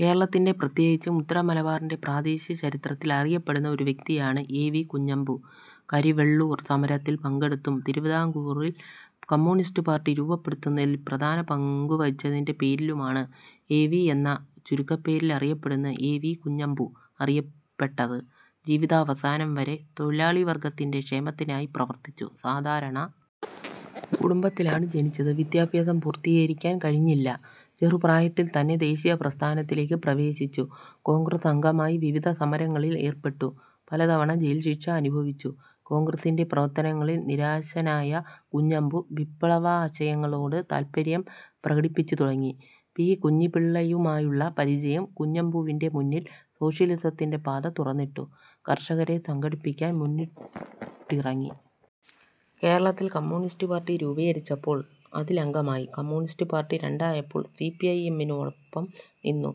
കേരളത്തിൻ്റെ, പ്രത്യേകിച്ചും ഉത്തരമലബാറിൻ്റെ, പ്രാദേശിക ചരിത്രത്തിൽ അറിയപ്പെടുന്ന ഒരു വ്യക്തിയാണ് എ വി കുഞ്ഞമ്പു. കരിവെള്ളൂർ സമരത്തിൽ പങ്കെടുത്തും തിരുവിതാംകൂറിൽ കമ്മ്യൂണിസ്റ്റ് പാർട്ടി രൂപപ്പെടുത്തുന്നതിൽ പ്രധാന പങ്കുവഹിച്ചതിൻ്റെ പേരിലുമാണ് എ വി എന്ന ചുരുക്കപ്പേരിലറിയപ്പെടുന്ന എ വി കുഞ്ഞമ്പു അറിയപ്പെട്ടത്. ജീവിതാവസാനം വരെ തൊഴിലാളിവർഗത്തിൻ്റെ ക്ഷേമത്തിനായി പ്രവർത്തിച്ചു. സാധാരണ കുടുംബത്തിലാണ് ജനിച്ചത്. വിദ്യാഭ്യാസം പൂർത്തീകരിക്കാൻ കഴിഞ്ഞില്ല. ചെറുപ്രായത്തിൽ തന്നെ ദേശീയപ്രസ്ഥാനത്തിലേക്ക് പ്രവേശിച്ചു. കോൺഗ്രസ് അംഗമായി വിവിധ സമരങ്ങളിൽ ഏർപ്പെട്ടു. പലതവണ ജയിൽശിക്ഷ അനുഭവിച്ചു. കോൺഗ്രസിൻ്റെ പ്രവർത്തനങ്ങളിൽ നിരാശനായ കുഞ്ഞമ്പു വിപ്ലവാശയങ്ങളോട് താൽപര്യം പ്രകടിപ്പിച്ചുതുടങ്ങി.പി കൃഷ്ണപിള്ളയുമായുള്ള പരിചയം കുഞ്ഞമ്പുവിൻ്റെ മുന്നിൽ സോഷ്യലിസത്തിൻ്റെ പാത തുറന്നിട്ടു. കർഷകരെ സംഘടിപ്പിക്കാൻ മുന്നിട്ടിറങ്ങി. കേരളത്തിൽ കമ്മ്യൂണിസ്റ്റ് പാർട്ടി രൂപീകരിച്ചപ്പോൾ അതിലംഗമായി. കമ്മ്യൂണിസ്റ്റ് പാർട്ടി രണ്ടായപ്പോൾ സി പി ഐ എമ്മിനൊപ്പം നിന്നു.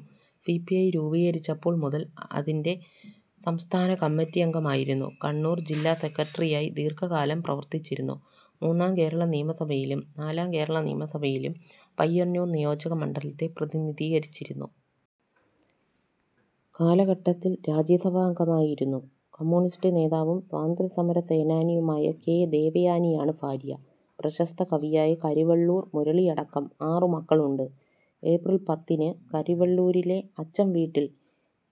സി പി ഐ രൂപീകരിച്ചപ്പോൾ മുതൽ അതിൻ്റെ സംസ്ഥാന കമ്മിറ്റിയംഗമായിരുന്നു. കണ്ണൂർ ജില്ലാ സെക്രട്ടറിയായി ദീർഘകാലം പ്രവർത്തിച്ചിരുന്നു. മൂന്നാം കേരള നിയമസഭയിലും നാലാം കേരള നിയമസഭയിലും പയ്യന്നൂർ നിയോജകമണ്ഡലത്തെ പ്രതിനിധീകരിച്ചിരുന്നു. കാലഘട്ടത്തിൽ രാജ്യസഭാംഗമായിരുന്നു. കമ്യൂണിസ്റ്റ് നേതാവും സ്വാതന്ത്ര്യസമര സേനാനിയുമായ കെ ദേവയാനിയാണ് ഭാര്യ. പ്രശസ്ത കവിയായ കരിവെള്ളൂർ മുരളിയടക്കം ആറ് മക്കളുണ്ട്. ഏപ്രിൽ പത്തിന് കരിവെള്ളൂരിലെ അച്ചംവീട്ടിൽ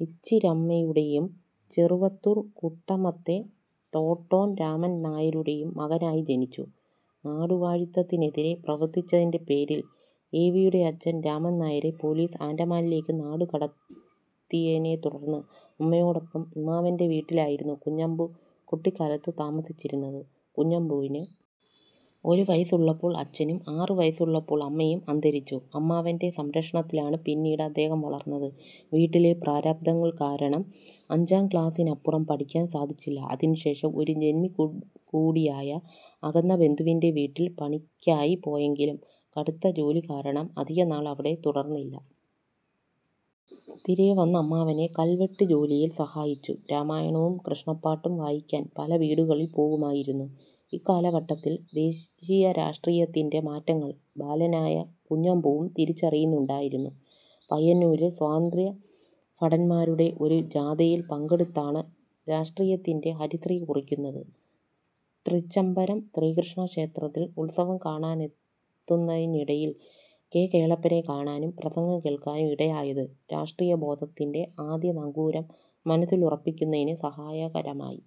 ഉച്ചിരമ്മയുടെയും ചെറുവത്തൂർ കുട്ടമത്തെ തോട്ടോൻ രാമൻ നായരുടെയും മകനായി ജനിച്ചു. നാടുവാഴിത്തത്തിനെതിരെ പ്രവർത്തിച്ചതിൻ്റെ പേരിൽ എ വിയുടെ അച്ഛൻ രാമൻ നായരെ പോലീസ് ആൻഡമാനിലേക്ക് നാടുകടത്തിയതിനെത്തുടർന്ന് അമ്മയോടൊപ്പം അമ്മാവൻ്റെ വീട്ടിലായിരുന്നു കുഞ്ഞമ്പു കുട്ടിക്കാലത്ത് താമസിച്ചിരുന്നത്. കുഞ്ഞമ്പുവിന് ഒരു വയസ്സുള്ളപ്പോൾ അച്ഛനും ആറ് വയസ്സുള്ളപ്പോൾ അമ്മയും അന്തരിച്ചു. അമ്മാവൻ്റെ സംരക്ഷണത്തിലാണ് പിന്നീട് അദ്ദേഹം വളർന്നത്. വീട്ടിലെ പ്രാരാബ്ധങ്ങൾ കാരണം അഞ്ചാം ക്ലാസിനപ്പുറം പഠിക്കാൻ സാധിച്ചില്ല. അതിനുശേഷം ഒരു ജന്മികൂടിയായ അകന്ന ബന്ധുവിൻ്റെ വീട്ടിൽ പണിക്കായി പോയെങ്കിലും കടുത്ത ജോലി കാരണം അധികനാൾ അവിടെ തുടർന്നില്ല. തിരികെ വന്ന് അമ്മാവനെ കൽവെട്ട് ജോലിയിൽ സഹായിച്ചു. രാമായണവും കൃഷ്ണപ്പാട്ടും വായിക്കാൻ പല വീടുകളിൽ പോകുമായിരുന്നു. ഇക്കാലഘട്ടത്തിൽ ദേശീയരാഷ്ട്രീയത്തിൻ്റെ മാറ്റങ്ങൾ ബാലനായ കുഞ്ഞമ്പുവും തിരിച്ചറിയുന്നുണ്ടായിരുന്നു. പയ്യന്നൂരിൽ സ്വാതന്ത്ര്യഭടന്മാരുടെ ഒരു ജാഥയിൽ പങ്കെടുത്താണ് രാഷ്ട്രീയത്തിൻ്റെ ഹരിശ്രീ കുറിക്കുന്നത്. തൃച്ചംബരം ശ്രീകൃഷ്ണ ക്ഷേത്രത്തിൽ ഉത്സവം കാണാനെത്തുന്നതിനിടയിൽ കെ കേളപ്പനെ കാണാനും പ്രസംഗം കേൾക്കാനും ഇടയായത് രാഷ്ട്രീയബോധത്തിൻ്റെ ആദ്യ നങ്കൂരം മനസ്സിലുറപ്പിക്കുന്നതിന് സഹായകരമായി.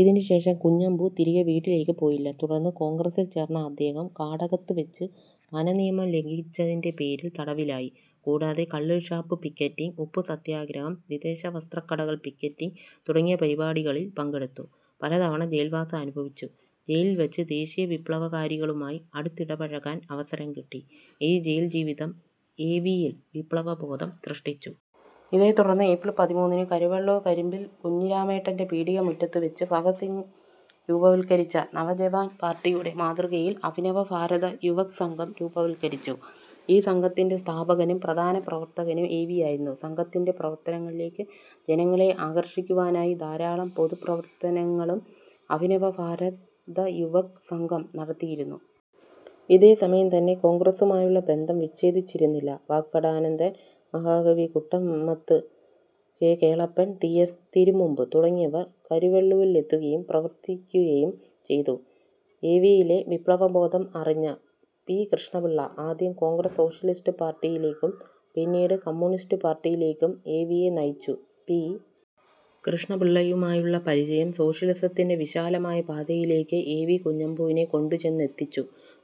ഇതിനു ശേഷം കുഞ്ഞമ്പു തിരികെ വീട്ടിലേക്ക് പോയില്ല. തുടർന്ന് കോൺഗ്രസിൽ ചേർന്ന അദ്ദേഹം കാടകത്ത് വെച്ച് വനനിയമം ലംഘിച്ചതിൻ്റെ പേരിൽ തടവിലായി. കൂടാതെ കള്ളുഷാപ്പ് പിക്കറ്റിംഗ്, ഉപ്പുസത്യാഗ്രഹം, വിദേശവസ്ത്രക്കടകൾ പിക്കറ്റിംഗ് തുടങ്ങിയ പരിപാടികളിൽ പങ്കെടുത്തു. പലതവണ ജയിൽവാസം അനുഭവിച്ചു. ജയിലിൽവെച്ച് ദേശീയവിപ്ലവകാരികളുമായി അടുത്തിടപഴകാൻ അവസരം കിട്ടി. ഈ ജയിൽജീവിതം എ വിയിൽ വിപ്ലവബോധം സൃഷ്ടിച്ചു. ഇതേത്തുടർന്ന് ഏപ്രിൽ പതിമൂന്നിന് കരിവെള്ളൂർ കരിമ്പിൽ കുഞ്ഞിരാമേട്ടൻ്റെ പീടികമുറ്റത്ത് വെച്ച് ഭഗത് സിംഗ് രൂപവത്കരിച്ച നവജവാൻ പാർട്ടിയുടെ മാതൃകയിൽ അഭിനവ ഭാരത യുവക് സംഘം രൂപവത്കരിച്ചു.ഈ സംഘത്തിൻ്റെ സ്ഥാപകനും പ്രധാന പ്രവർത്തകനും എ വിയായിരുന്നു. സംഘത്തിൻ്റെ പ്രവർത്തനങ്ങളിലേക്ക് ജനങ്ങളെ ആകർഷിക്കുവാനായി ധാരാളം പൊതുപ്രവർത്തനങ്ങളും അഭിനവ ഭാരത യുവക് സംഘം നടത്തിയിരുന്നു. ഇതേ സമയം തന്നെ കോൺഗ്രസുമായുള്ള ബന്ധം വിച്ഛേദിച്ചിരുന്നില്ല. വാഗ്ഭടാനന്ദൻ, മഹാകവി Kuttamath, K Kelappan, T S Thirumumbu തുടങ്ങിയവർ കരിവെള്ളൂരിലെത്തുകയും പ്രവർത്തിക്കുകയും ചെയ്തു. എ വിയിലെ വിപ്ലവബോധം അറിഞ്ഞ പി കൃഷ്ണപിള്ള ആദ്യം കോൺഗ്രസ് സോഷ്യലിസ്റ്റ് പാർട്ടിയിലേക്കും പിന്നീട് കമ്മ്യൂണിസ്റ്റ് പാർട്ടിയിലേക്കും എ വിയെ നയിച്ചു.പി കൃഷ്ണപിള്ളയുമായുള്ള പരിചയം സോഷ്യലിസത്തിൻ്റെ വിശാലമായ പാതയിലേക്ക് എ വി കുഞ്ഞമ്പുവിനെ കൊണ്ടുചെന്നെത്തിച്ചു.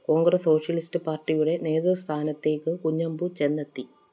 കോൺഗ്രസ് സോഷ്യലിസ്റ്റ് പാർട്ടിയുടെ നേതൃസ്ഥാനത്തേക്ക് കുഞ്ഞമ്പു ചെന്നെത്തി.